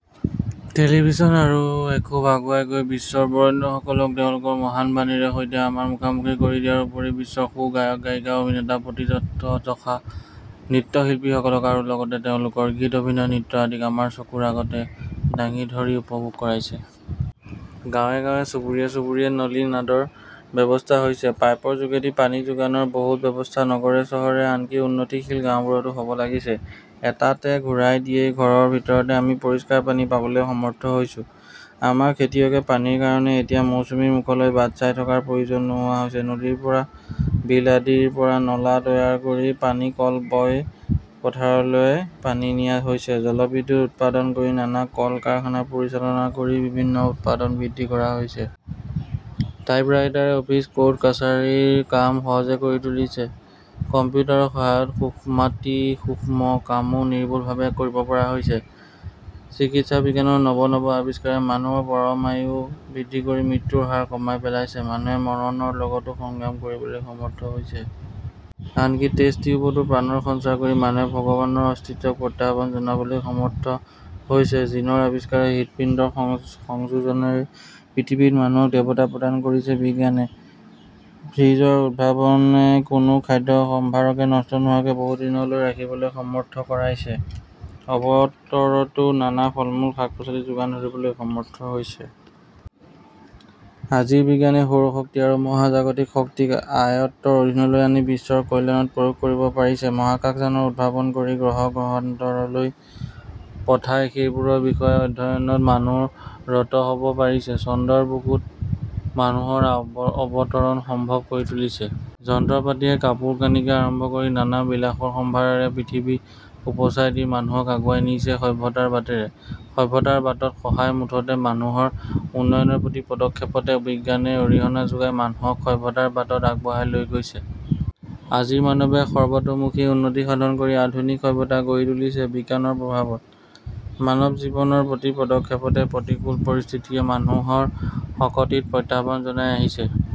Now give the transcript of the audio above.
Television আৰু এখােপ আগুৱাই গৈ বিশ্বৰ বৰেণ্যসকলক তেওঁলােকৰ মহান বাণীৰে সৈতে আমাৰ মুখামুখি কৰি দিয়াৰ উপৰি বিশ্বৰ সুগায়ক-গায়িকা, অভিনেতা, প্ৰথিতযশা নৃত্য-শিল্পীসকলক আৰু লগতে তেওঁলােকৰ গীত, অভিনয়, নৃত্য আদিক আমাৰ চকুৰ আগতে দাঙি ধৰি উপভােগ কৰাইছে। গাঁৱে-গাঁৱে চুবুৰিয়ে চুবুৰিয়ে নলী নাদৰ ব্যৱস্থা হৈছে। পাইপৰ যােগেদি পানী যােগানৰ বহুত ব্যৱস্থা নগৰে, চহৰে, আনকি উন্নতিশীল গাঁওবােৰতো হ'ব লাগিছে; এটাটে ঘূৰাই দিয়েই ঘৰৰ ভিতৰতে আমি পৰিষ্কাৰ পানী পাবলৈ সমৰ্থ হৈছাে। আমাৰ খেতিয়কে পানীৰ কাৰণে এতিয়া মৌচুমীৰ মুখলৈ বাট চাই থকাৰ প্ৰয়ােজন নােহােৱা হৈছে; নদীৰপৰা, বিল আদিৰপৰা নলা তৈয়াৰ কৰি পানী কল বই পথাৰলৈ পানী নিয়া হৈছে; জল-বিদ্যুৎ উৎপাদন কৰি, নানা কল কাৰখানা পৰিচালনা কৰি বিভিন্ন উৎপাদন বৃদ্ধি কৰা হৈছে। টাইপ ৰাইটাৰে অফিচ, কোৰ্ট, কাছাৰীৰ কাম সহজ কৰি তুলিছে। কম্পিউটাৰৰ সহায়ত সূক্ষ্মাতিসূক্ষ্ম কামাে নিৰ্ভুলভাৱে কৰিব পৰা হৈছে। চিকিৎসাবিজ্ঞানৰ নৱ নৱ আৱিষ্কাৰে মানুহৰ পৰমায়ু বৃদ্ধি কৰি মৃত্যুৰ হাৰ কমাই পেলাইছে মানুহে মৰণৰ লগতাে সংগ্ৰাম কৰিবলৈ সমৰ্থ হৈছে। আনকি টেষ্ট টিউবতাে প্ৰাণৰ সঞ্চাৰ কৰি মানুহে ভগৱানৰ অস্তিত্বক প্ৰত্যাহান জনাবলৈ সমৰ্থ হৈছে। জিনৰ আৱিষ্কাৰে, হৃৎপিণ্ডৰ সং সংযােজনেৰে পৃথিৱীত মানুহক দেৱত্ব প্ৰদান কৰিছে বিজ্ঞানে। "ফ্ৰিজ'ৰ উদ্ভাৱনে কোনাে খাদ্য-সম্ভাৰকে নষ্ট নােহােৱাকে বহু দিনলৈ ৰাখিবলৈ সমৰ্থ কৰাইছে; অবতৰতাে নানা ফলমূল, শাক-পাচলি যােগান ধৰিবলৈ সমৰ্থ হৈছে। আজিৰ বিজ্ঞানে সৌৰশক্তি আৰু মহাজাগতিক শক্তিক আয়ত্তৰ অধীনলৈ আনি বিশ্বৰ কল্যাণত প্ৰয়ােগ কৰিব পাৰিছে মহাকাশযানৰ উদ্ভাৱন কৰি গ্ৰহ-গ্ৰহান্তৰলৈ পঠাই সেইবােৰৰ বিষয়ে অধ্যয়নত মানুহ ৰত হ'ব পাৰিছে। চন্দ্ৰৰ বুকুত মানুহৰ আৱ অৱতৰণ সম্ভৱ কৰি তুলিছে। যন্ত্ৰপাতিয়ে কাপােৰ কানিকে আৰম্ভ কৰি নানা বিলাসৰ সম্ভাৰেৰে পৃথিৱী উপচাই দি মানুহক আগুৱাই নিছে সভ্যতাৰ বাটেৰে। সভ্যতাৰ বাটত সহায় মুঠতে মানুহৰ উন্নয়নৰ প্ৰতি পদক্ষেপতে বিজ্ঞানে অৰিহণা যােগাই মানুহক সভ্যতাৰ বাটত আগবঢ়াই লৈ গৈছে। আজিৰ মানৱে সৰ্বতােমুখী উন্নতি সাধন কৰি আধুনিক সভ্যতা গঢ়ি তুলিছে বিজ্ঞানৰ প্ৰভাৱত। মানৱ জীৱনৰ প্ৰতি পদক্ষেপতে প্ৰতিকূল পৰিস্থিতিয়ে মানুহৰ শকতিক প্ৰত্যাহ্বান জনাই আহিছে।